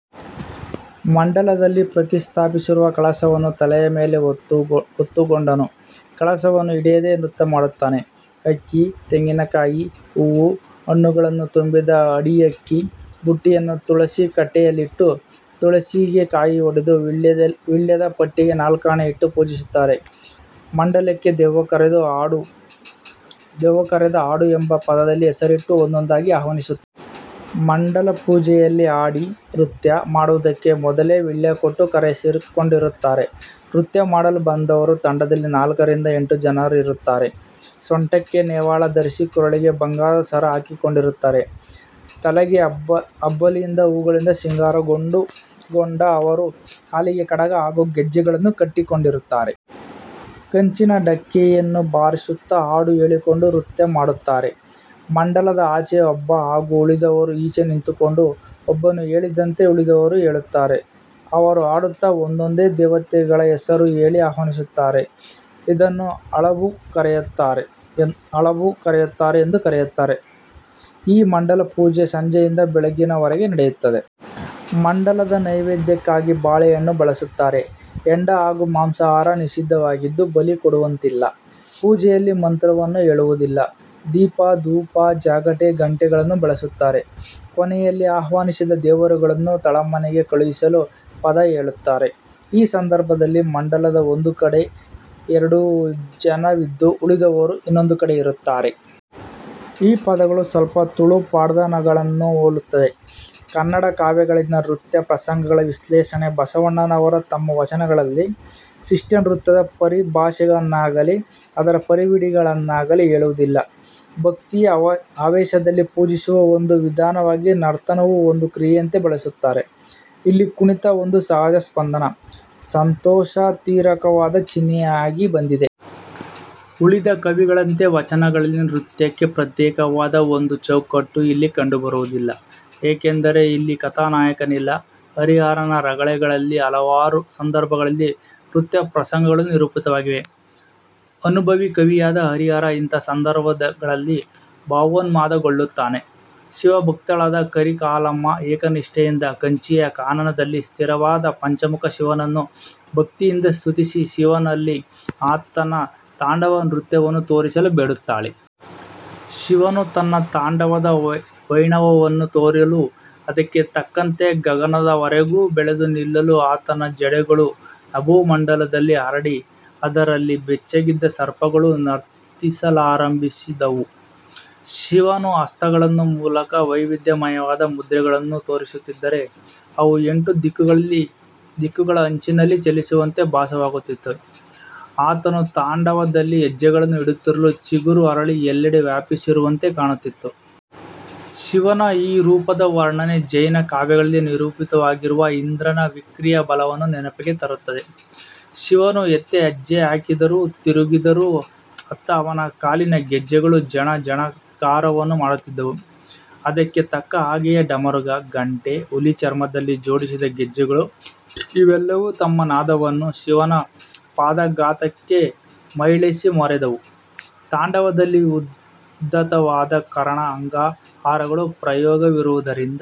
ಮಂಡಲದಲ್ಲಿ ಪ್ರತಿಷ್ಠಾಪಿಸಿರುವ ಕಳಶವನ್ನು ತಲೆಯ ಮೇಲೆ ಹೊತ್ತ ಗೊಂಡನು ಕಳಶವನ್ನು ಹಿಡಿಯದೇ ನೃತ್ಯ ಮಾಡುತ್ತಾನೆ. ಅಕ್ಕಿ, ತೆಂಗಿನಕಾಯಿ, ಹೂ, ಹಣ್ಣುಗಳನ್ನು ತುಂಬಿದ 'ಅಡಿಯಕ್ಕಿ' ಬುಟ್ಟಿಯನ್ನು ತುಳಸಿ ಕಟ್ಟೆಯಲ್ಲಿಟ್ಟು, ತುಳಸಿಗೆ ಕಾಯಿ ಒಡೆದು, ವೀಳ್ಯದ ಪಟ್ಟಿಗೆ ನಾಲ್ಕಾಣೆ ಇಟ್ಟು ಪೂಜಿಸುತ್ತಾರೆ. ಮಂಡಲಕ್ಕೆ 'ದೆವ್ವ ಕರೆದ ಹಾಡು' ಎಂಬ ಪದದಲ್ಲಿ ಹೆಸರಿಟ್ಟು ಒಂದೊಂದಾಗಿ ಆಹ್ವಾನಿಸುತ್ತಾರೆ. ಮಂಡಲ ಪೂಜೆಯಲ್ಲಿ ಹಾಡಿ, ನೃತ್ಯ ಮಾಡುವುದಕ್ಕಾಗಿ ಮೊದಲೆ ವೀಳ್ಯ ಕೊಟ್ಟು ಕರೆಯಿಸಿಕೊಂಡಿರುತ್ತಾರೆ. ನೃತ್ಯ ಮಾಡಲು ಬಂದವರು ತಂಡದಲ್ಲಿ ನಾಲ್ಕರಿಂದ ಎಂಟು ಜನರಿರುತ್ತಾರೆ. ಸೊಂಟಕ್ಕೆ ನೇವಾಳ ಧರಿಸಿ, ಕೊರಳಿಗೆ ಬಂಗಾರದ ಸರ ಹಾಕಿಕೊಂಡಿರುತ್ತಾರೆ. ತಲೆಗೆ ಅಬ್ಬಲಿಗೆ ಹೂವುಗಳಿಂದ ಸಿಂಗರಿಸಿಕೊಂಡ ಅವರು ಕಾಲಿಗೆ ಕಡಗ ಹಾಗೂ ಗೆಜ್ಜೆಗಳನ್ನು ಕಟ್ಟಿಕೊಂಡಿರುತ್ತಾರೆ. ಕಂಚಿನ ಡಕ್ಕೆಯನ್ನು ಬಾರಿಸುತ್ತ ಹಾಡು ಹೇಳಿಕೊಂಡು ನೃತ್ಯ ಮಾಡುತ್ತಾರೆ. ಮಂಡಲದ ಆಚೆ ಒಬ್ಬ ಹಾಗೂ ಉಳಿದವರು ಈಚೆ ನಿಂತುಕೊಂಡು, ಒಬ್ಬನು ಹೇಳಿದಂತೆ ಉಳಿದವರು ಹೇಳುತ್ತಾರೆ. ಅವರು ಹಾಡುತ್ತಾ ಒಂದೊಂದೇ ದೇವತೆಗಳ ಹೆಸರು ಹೇಳಿ ಆಹ್ವಾನಿಸುತ್ತಾರೆ. ಇದನ್ನು ಹಳಬು ಕರೆಯುವುದು ಎಂದು ಕರೆಯುತ್ತಾರೆ. ಈ ಮಂಡಲ ಪೂಜೆ ಸಂಜೆಯಿಂದ ಬೆಳಗಿನವರೆಗೆ ನಡೆಯುತ್ತದೆ. ಮಂಡಲದ ನೈವೇದ್ಯಕ್ಕಾಗಿ ಬಾಳೆಹಣ್ಣು ಬಳಸುತ್ತಾರೆ. ಹೆಂಡ ಹಾಗೂ ಮಾಂಸಾಹಾರ ನಿಷಿದ್ಧವಾಗಿದ್ದು, ಬಲಿ ಕೊಡುವಂತಿಲ್ಲ. ಪೂಜೆಯಲ್ಲಿ ಮಂತ್ರವನ್ನು ಹೇಳುವುದಿಲ್ಲ. ದೀಪ, ಧೂಪ, ಜಾಗಟೆ, ಗಂಟೆಗಳನ್ನು ಬಳಸುತ್ತಾರೆ. ಕೊನೆಯಲ್ಲಿ ಆಹ್ವಾನಿಸಿದ ದೇವರುಗಳನ್ನು ತಳಮನೆಗೆ ಕಳಿಸಲು ಪದ ಹೇಳುತ್ತಾರೆ. ಈ ಸಂದರ್ಭದಲ್ಲಿ ಮಂಡಲದ ಒಂದು ಕಡೆ ಎರಡು ಜನವಿದ್ದು, ಉಳಿದವರು ಇನ್ನೊಂದು ಕಡೆ ಇರುತ್ತಾರೆ. ಈ ಪದಗಳು ಸ್ವಲ್ಪ ತುಳುಪಾಡ್ದನಗಳನ್ನು ಹೋಲುತ್ತವೆ. ಕನ್ನಡ ಕಾವ್ಯಗಳಲ್ಲಿನ ನೃತ್ಯ ಪ್ರಸಂಗಗಳ ವಿಶ್ಲೇಷಣೆ ಬಸವಣ್ಣನವರು ತಮ್ಮ ವಚನಗಳಲ್ಲಿ ಶಿಷ್ಟ ನೃತ್ಯದ ಪರಿಭಾಷೆಯನ್ನಾಗಲಿ, ಅದರ ಪರಿವಿಡಿಯನ್ನಾಗಲಿ, ಹೇಳುವುದಿಲ್ಲ. ಭಕ್ತಿಯ ಆವೇಶದಲ್ಲಿ ಪೂಜಿಸುವ ಒಂದು ವಿಧಾನವಾಗಿ ನರ್ತನವೂ ಒಂದು ಕ್ರಿಯೆಯಂತೆ ಬಳಸುತ್ತಾರೆ: ಇಲ್ಲಿಯ ಕುಣಿತ ಒಂದು ಸಹಜ ಸ್ಪಂದನ, ಸಂತೋಷಾತಿರೇಕದ ಚಿಹ್ನೆಯಾಗಿ ಬಂದಿದೆ. ಉಳಿದ ಕವಿಗಳಂತೆ ವಚನಗಳಲ್ಲಿ ನೃತ್ಯಕ್ಕೆ ಪ್ರತ್ಯೇಕವಾದ ಒಂದು ಚೌಕಟ್ಟು ಇಲ್ಲಿ ಕಂಡುಬರುವುದಿಲ್ಲ. ಏಕೆಂದರೆ ಇಲ್ಲಿ ಕಥಾನಾಯಕನಿಲ್ಲ. ಹರಿಹರನ ರಗಳೆಗಳಲ್ಲಿ ಹಲವಾರು ಸಂದರ್ಭಗಳಲ್ಲಿ ನೃತ್ಯಪ್ರಸಂಗಗಳು ನಿರೂಪಿತವಾಗಿವೆ. ಅನುಭಾವಿಕವಿಯಾದ ಹರಿಹರ ಇಂತಹ ಸಂದರ್ಭಗಳಲ್ಲಿ ಭಾವೋನ್ಮೋದಗೊಳ್ಳುತ್ತಾನೆ. ಶಿವಭಕ್ತಳಾದ ಕಾರಿಕಾಲಮ್ಮ ಏಕನಿಷ್ಠೆಯಿಂದ ಕಾಂಚಿಯ ಕಾನನದಲ್ಲಿ ಸ್ಥಿತವಾದ ಪಂಚಮುಖ ಶಿವನನ್ನು ಭಕ್ತಿಯಿಂದ ಸುತ್ತಿಸಿ ಶಿವನಲ್ಲಿ ಆತನ ತಾಂಡವ ನೃತ್ಯವನ್ನು ತೋರಿಸಲು ಬೇಡುತ್ತಾಳೆ. ಶಿವನು ತನ್ನ ತಾಂಡವದ ವೈಣವವನ್ನು ತೋರಲು ಅದಕ್ಕೆ ತಕ್ಕಂತೆ ಗಗನದವರೆಗೂ ಬೆಳೆದು ನಿಲ್ಲಲು ಆತನ ಜಡೆಗಳೂ ನಭೋಮಂಡಲದಲ್ಲಿ ಹರಡಿ ಅದರಲ್ಲಿ ಬೆಚ್ಚಗಿದ್ದ ಸರ್ಪಗಳೂ ನರ್ತಿಸಲಾರಂಭಿಸಿದವು. ಶಿವನು ಹಸ್ತಗಳ ಮೂಲಕ ವೈವಿಧ್ಯ ಮಯವಾದ ಮುದ್ರೆಗಳನ್ನು ತೋರುತ್ತಿದ್ದರೆ ಅವು ಎಂಟು ಧಿಕ್ಕುಗಳ ಅಂಚಿನಲ್ಲಿ ಚಲಿಸುವಂತೆ ಭಾಸವಾಗುತ್ತಿತ್ತು. ಆತನು ತಾಂಡವದಲ್ಲಿ ಹೆಜ್ಜೆಗಳನ್ನು ಇಡುತ್ತಿರಲು ಚಿಗುರು ಅರಳಿ ಎಲ್ಲೆಡೆಗೆ ವ್ಯಾಪಿಸಿರುವಂತೆ ಕಾಣುತ್ತಿತ್ತು. ಶಿವನ ಈ ರೂಪದ ವರ್ಣನೆ ಜೈನ ಕಾವ್ಯಗಳಲ್ಲಿ ನಿರೂಪಿತವಾಗಿರುವ ಇಂದ್ರನ ವಿಕ್ರಿಯಾ ಬಲವನ್ನು ನೆನಪಿಗೆ ತರುತ್ತದೆ. ಶಿವನು ಎತ್ತ ಹೆಜ್ಜೆ ಹಾಕಿದರೂ, ತಿರುಗಿದರೂ ಅತ್ತ ಅವನ ಕಾಲಿನ ಗೆಜ್ಜೆಗಳೂ ಝಣ, ಝಣತ್ಕಾರವನ್ನು ಮಾಡುತ್ತಿದ್ದುವು. ಅದಕ್ಕೆ ತಕ್ಕ ಹಾಗೆಯೇ ಡಮರುಗ, ಘಂಟೆ, ಹುಲಿ ಚರ್ಮದಲ್ಲಿ ಜೋಡಿಸಿದ ಗೆಜ್ಜೆಗಳು ಇವೆಲ್ಲವೂ ತಮ್ಮ ನಾದವನ್ನು ಶಿವನ ಪಾದಘಾತಕ್ಕೆ ಮೇಳೈಸಿ ಮೊರೆದವು. ತಾಂಡವದಲ್ಲಿ ಉದ್ಧತವಾದ ಕರಣ, ಅಂಗಹಾರಗಳ ಪ್ರಯೋಗವಿರುವುದರಿಂದ